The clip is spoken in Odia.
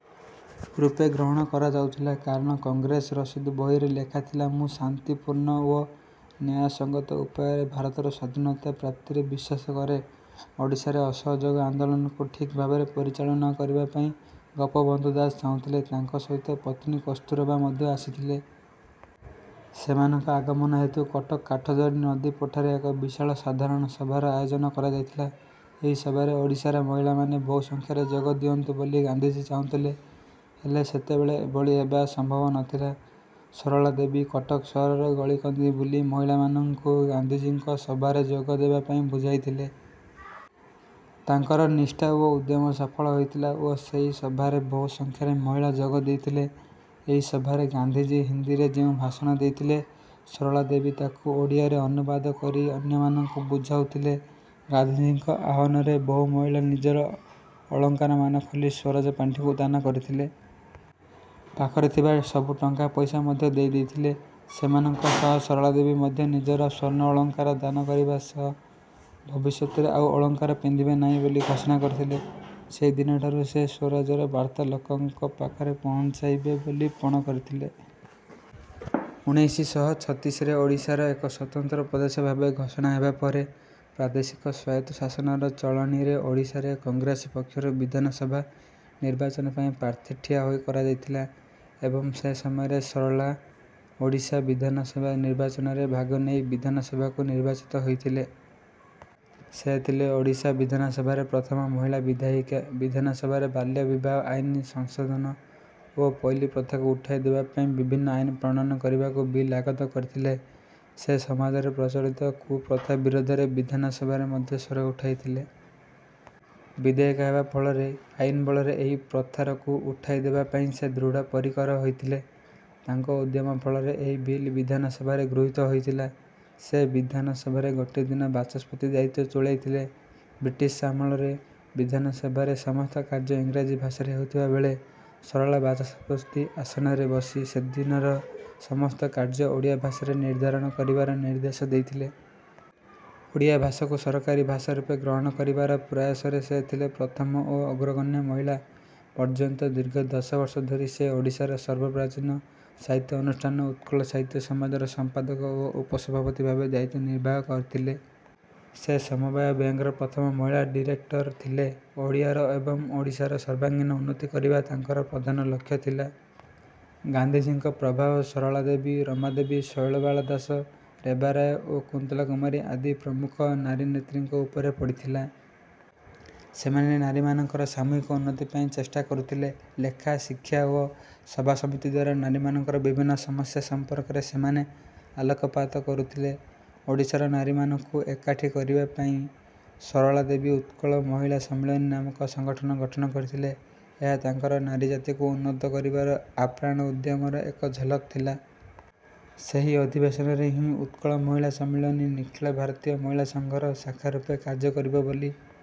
ରୂପେ ଗ୍ରହଣ କରାଯାଉଥିଲା। କାରଣ କଂଗ୍ରେସ ରସିଦ୍ ବହିରେ ଲେଖା ଥିଲା ମୁଁ ଶାନ୍ତି ପୂର୍ଣ୍ଣ ଓ ନ୍ୟାୟ ସଂଗତ ଉପାୟରେ ଭାରତର ସ୍ୱାଧୀନତା ପ୍ରାପ୍ତିରେ ବିଶ୍ୱାସ କରେ। ଓଡ଼ିଶାରେ ଅସହଯୋଗ ଆନ୍ଦୋଳନକୁ ଠିକ୍ ଭାବରେ ପରିଚାଳନା କରିବା ପାଇଁ ଗୋପବନ୍ଧୁ ଦାସ ଚାହୁଁଥିଲେ। ତାଙ୍କ ସହିତ ପତ୍ନୀ କସ୍ତୁରବା ମଧ୍ୟ ଆସିଥିଲେ। ସେମାନଙ୍କ ଆଗମନ ହେତୁ କଟକ କାଠଯୋଡ଼ି ନଦୀ ପଠାରେ ଏକ ବିଶାଳ ସାଧାରଣ ସଭାର ଆୟୋଜନ କରାଯାଇଥିଲା। ଏହି ସଭାରେ ଓଡ଼ିଶାର ମହିଳା ମାନେ ବହୁ ସଂଖ୍ୟାରେ ଯୋଗ ଦିଅନ୍ତୁ ବୋଲି ଗାନ୍ଧିଜୀ ଚାହୁଁଥିଲେ। ହେଲେ ସେତେବେଳେ ଏଭଳି ହେବା ସମ୍ଭବ ନଥିଲା। ସରଳା ଦେବୀ କଟକ ସହରର ଗଳିକନ୍ଦି ବୁଲି ମହିଳାମାନଙ୍କୁ ଗାନ୍ଧିଜୀଙ୍କ ସଭାରେ ଯୋଗ ଦେବାପାଇଁ ବୁଝାଇଥିଲେ। ତାଙ୍କର ନିଷ୍ଠା ଓ ଉଦ୍ୟମ ସଫଳ ହୋଇଥିଲା ଓ ସେହି ସଭାରେ ବହୁ ସଂଖ୍ୟାରେ ମହିଳା ଯୋଗ ଦେଇଥିଲେ। ଏହି ସଭାରେ ଗାନ୍ଧିଜୀ ହିନ୍ଦୀରେ ଯେଉଁ ଭାଷଣ ଦେଇଥିଲେ, ସରଳା ଦେବୀ ତାକୁ ଓଡ଼ିଆରେ ଅନୁବାଦ କରି ଅନ୍ୟମାନଙ୍କୁ ବୁଝାଉଥିଲେ। ଗାନ୍ଧିଜୀଙ୍କ ଆହ୍ୱାନରେ ବହୁ ମହିଳା ନିଜର ଅଳଙ୍କାର ମାନ ଖୋଲି ସ୍ୱରାଜ ପାଣ୍ଠିକୁ ଦାନ କରିଥିଲେ। ପାଖରେ ଥିବା ସବୁ ଟଙ୍କା ପଇସା ମଧ୍ୟ ଦେଇଦେଇଥିଲେ। ସେମାନଙ୍କ ସହ ସରଳାଦେବୀ ମଧ୍ୟ ନିଜର ସ୍ୱର୍ଣ୍ଣ ଅଳଙ୍କାର ଦାନ କରିବା ସହ ଭବିଷ୍ୟତରେ ଆଉ ଅଳଙ୍କାର ପିନ୍ଧିବେ ନାହିଁ ବୋଲି ଘୋଷଣା କରିଥିଲେ। ସେହିଦିନଠାରୁ ସେ ସ୍ୱରାଜର ବାର୍ତ୍ତା ଲୋକଙ୍କ ପାଖରେ ପହଞ୍ଚାଇବେ ବୋଲି ପଣ କରିଥିଲେ। ଉଣେଇଶି ଶହ ଛତିଶରେ ଓଡ଼ିଶା ଏକ ସ୍ୱତନ୍ତ୍ର ପ୍ରଦେଶ ଭାବେ ଘୋଷଣା ହେବାପରେ ପ୍ରାଦେଶିକ ସ୍ୱାୟତ୍ତ ଶାସନର ଚଳଣିରେ ଓଡ଼ିଶାରେ କଂଗ୍ରେସ ପକ୍ଷରୁ ବିଧାନ ସଭା ନିର୍ବାଚନ ପାଇଁ ପ୍ରାର୍ଥୀ ଠିଆ କରାଯାଇଥିଲା। ଏବଂ ସେସମୟରେ ସରଳା ଓଡ଼ିଶା ବିଧାନ ସଭା ନିର୍ବାଚନରେ ଭାଗ ନେଇ ବିଧାନ ସଭାକୁ ନିର୍ବାଚିତ ହେଇଥିଲେ। ସେ ଥିଲେ ଓଡ଼ିଶା ବିଧାନ ସଭାରେ ପ୍ରଥମ ମହିଳା ବିଧାୟିକା। ବିଧାନ ସଭାରେ ବାଲ୍ୟ ବିବାହ ଆଇନ୍ର ସଂଶୋଧନ ଓ ପୋଇଲି ପ୍ରଥାକୁ ଉଠାଇ ଦେବା ପାଇଁ ବିଭିନ୍ନ ଆଇନ୍ ପ୍ରଣୟନ କରିବାକୁ ବିଲ୍ ଆଗତ କରିଥିଲେ। ସେ ସମାଜରେ ପ୍ରଚଳିତ କୁପ୍ରଥା ବିରୋଧରେ ବିଧାନ ସଭାରେ ମଧ୍ୟ ସ୍ୱର ଉଠାଇଥିଲେ। ବିଧାୟିକା ହେବା ଫଳରେ ଆଇନ୍ ବଳରେ ଏହି ପ୍ରଥାରକୁ ଉଠାଇ ଦେବା ପାଇଁ ସେ ଦୃଢ଼ ପରିକର ହୋଇଥିଲେ। ତାଙ୍କ ଉଦ୍ୟମ ଫଳରେ ଏହି ବିଲ୍ ବିଧାନ ସଭାରେ ଗୃହୀତ ହୋଇଥିଲା। ସେ ବିଧାନ ସଭାରେ ଗୋଟିଏ ଦିନ ବାଚସ୍ପତି ଦାୟିତ୍ୱ ତୁଲାଇଥିଲେ। ବ୍ରିଟିଶ୍ ଆମଳରେ ବିଧାନ ସଭାରେ ସମସ୍ତ କାର୍ଯ୍ୟ ଇଂରାଜୀ ଭାଷାରେ ହେଉଥିବା ବେଳେ, ସରଳା ବାଚସ୍ପତି ଆସନରେ ବସି ସେଦିନର ସମସ୍ତ କାର୍ଯ୍ୟ ଓଡ଼ିଆ ଭାଷାରେ ନିର୍ଧାରଣ କରିବାର ନିର୍ଦ୍ଦେଶ ଦେଇଥିଲେ। ଓଡ଼ିଆ ଭାଷାକୁ ସରକାରୀ ଭାଷା ରୂପେ ଗ୍ରହଣ କରିବାର ପ୍ରୟାସରେ ସେ ଥିଲେ ପ୍ରଥମ ଓ ଅଗ୍ରଗଣ୍ୟ ମହିଳା। ପର୍ଯ୍ୟନ୍ତ ଦୀର୍ଘ ଦଶବର୍ଷ ଧରି ସେ ଓଡ଼ିଶାର ସର୍ବପ୍ରାଚୀନ ସାହିତ୍ୟ ଅନୁଷ୍ଠାନ ଉତ୍କଳ ସାହିତ୍ୟ ସମାଜର ସମ୍ପାଦକ ଓ ଉପସଭାପତି ଭାବେ ଦାୟିତ୍ୱ ନିର୍ବାହ କରିଥିଲେ। ସେ ସମବାୟ ବ୍ୟାଙ୍କର ପ୍ରଥମ ମହିଳା ଡିରେକ୍ଟର ଥିଲେ। ଓଡ଼ିଆର ଏବଂ ଓଡ଼ିଶାର ସର୍ବାଙ୍ଗୀନ ଉନ୍ନତି କରିବା ତାଙ୍କର ପ୍ରଧାନ ଲକ୍ଷ୍ୟ ଥିଲା। ଗାନ୍ଧିଜୀଙ୍କ ପ୍ରଭାବ ସରଳା ଦେବୀ, ରମା ଦେବୀ, ଶୈଳବାଳା ଦାସ, ରେବା ରାୟ ଓ କୁନ୍ତଳା କୁମାରୀ ଆଦି ପ୍ରମୁଖ ନାରୀନେତ୍ରୀଙ୍କ ଉପରେ ପଡ଼ିଥିଲା। ସେମାନେ ନାରୀମାନଙ୍କର ସାମୂହିକ ଉନ୍ନତି ପାଇଁ ଚେଷ୍ଟା କରୁଥିଲେ। ଲେଖା, ଶିକ୍ଷା ଓ ସଭାସମିତିଦ୍ୱାରା ନାରୀମାନଙ୍କର ବିଭିନ୍ନ ସମସ୍ୟା ସମ୍ପର୍କରେ ସେମାନେ ଆଲୋକପାତ କରୁଥିଲେ। ଓଡ଼ିଶାର ନାରୀମାନଙ୍କୁ ଏକାଠି କରିବାପାଇଁ ସରଳା ଦେବୀ ଉତ୍କଳ ମହିଳା ସମ୍ମିଳନୀ ନାମକ ସଂଗଠନ ଗଠନ କରିଥିଲେ। ଏହା ତାଙ୍କର ନାରୀଜାତିକୁ ଉନ୍ନତ କରିବାର ଆପ୍ରାଣ ଉଦ୍ୟମର ଏକ ଝଲକ ଥିଲା। ସେହି ଅଧିବେଶନରେ ହିଁ ଉତ୍କଳ ମହିଳା ସମ୍ମିଳନୀ, ନିଖିଳ ଭାରତୀୟ ମହିଳା ସଂଘର ଶାଖା ରୂପେ କାର୍ଯ୍ୟ କରିବ ବୋଲି